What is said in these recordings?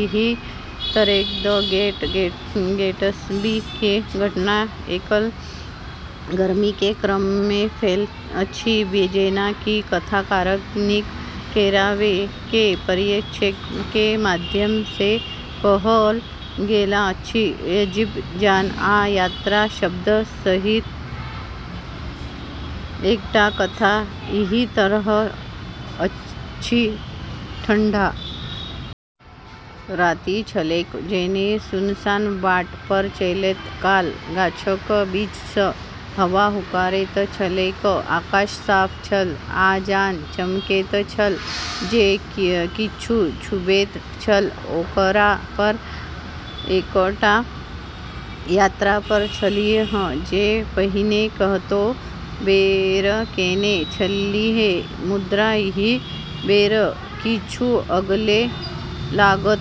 एहि तरहें "The Great Gatsby" के घटना एकल गर्मी के क्रम मे फैल अछि, जेना कि कथाकार निक कैरावे के परिप्रेक्ष्य के माध्यम सँ कहल गेल अछि। "अजीब", "चान", आ "यात्रा" शब्द सहित एकटा कथा एहि तरह अछि। ठंढा राति छलैक। जेन सुनसान बाट पर चलैत काल गाछक बीच सँ हवा हुंकारैत छलैक। आकाश साफ छल, आ चान चमकैत छल जे किछु छूबैत छल ओकरा पर एकटा भयावह चमक पड़ैत छल। ओ एकटा यात्रा पर छलीह, जे पहिने कतेको बेर केने छलीह, मुदा एहि बेर किछु अलगे लागल।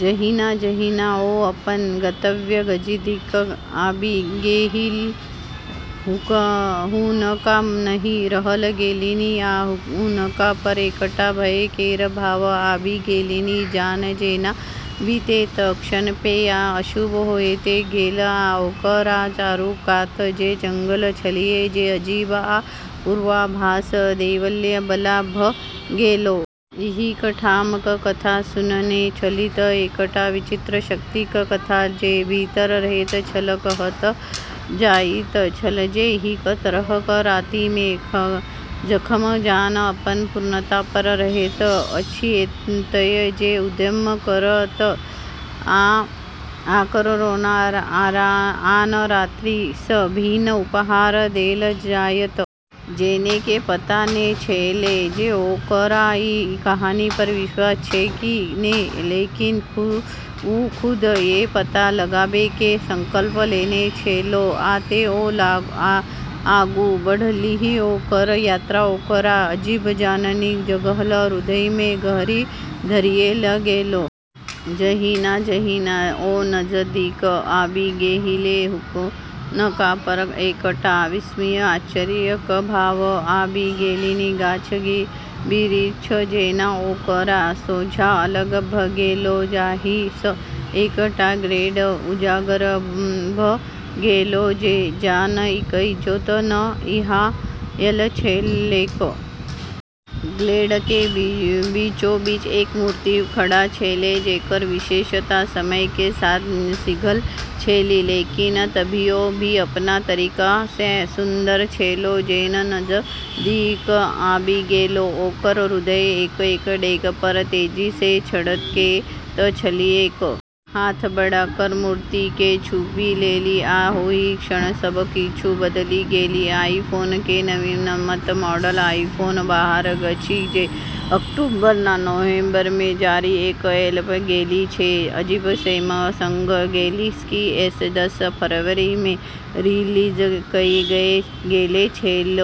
जहिना-जहिना ओ अपन गंतव्यक नजदीक आबि गेलीह, हुनका नहि रहल गेलनि आ हुनका पर एकटा भय केर भाव आबि गेलनि। चान जेना बीतैत क्षण पैघ आ अशुभ होइत गेल आ ओकरा चारू कात जे जंगल छलैक से अजीब आ पूर्वाभास देबय बला भ' गेलै। एहि ठामक कथा सुनने छलीह, एकटा विचित्र शक्तिक कथा जे भीतर रहैत छल। कहल जाइत छल जे एहि तरहक राति मे, जखन चान अपन पूर्णता पर रहैत अछि, एतय जे उद्यम करत ओकरा कोनो आन राति सँ भिन्न उपहार देल जायत। जेन के पता नै छेलै जे ओकरा ई कहानी पर विश्वास छै कि नै, लेकिन वू खुद ई पता लगाबै के संकल्प लेने छेलै। आ तें, ओ आगू बढ़लीह। ओकर यात्रा ओकरा अजीब, चाननी जंगलक हृदय मे गहींर धरि ल' गेलै। जहिना-जहिना ओ नजदीक आबि गेलीह, हुनका पर एकटा विस्मय आश्चर्यक भाव आबि गेलनि। गाछ-बिरिछ जेना ओकरा सोझाँ अलग भ' गेलै, जाहि सँ एकटा ग्लेड उजागर भ' गेलै जे चान'क इजोत मे नहाएल छलैक। ग्लेड के बीचोबीच एक मूर्ति खड़ा छेलै, जेकर विशेषता समय के साथ घिसल छेलै लेकिन तभियो भी अपन तरीका सँ सुन्दर छेलै। जेन नजदीक आबि गेलै, ओकर हृदय एक-एक डेग पर तेजी सँ धड़कैत छलैक। हाथ बढ़ा क' मूर्ति केँ छूबि लेलनि, आ ओहि क्षण, सब किछु बदलि गेल। आईफोन के नवीनतम मॉडल आईफोन बारह अछि, जे अक्टूबर आ नवंबर मे जारी कएल गेल छेलै। जबकि सैमसंग गैलेक्सी एस दस फरवरी मे रिलीज कएल गेल छेलै।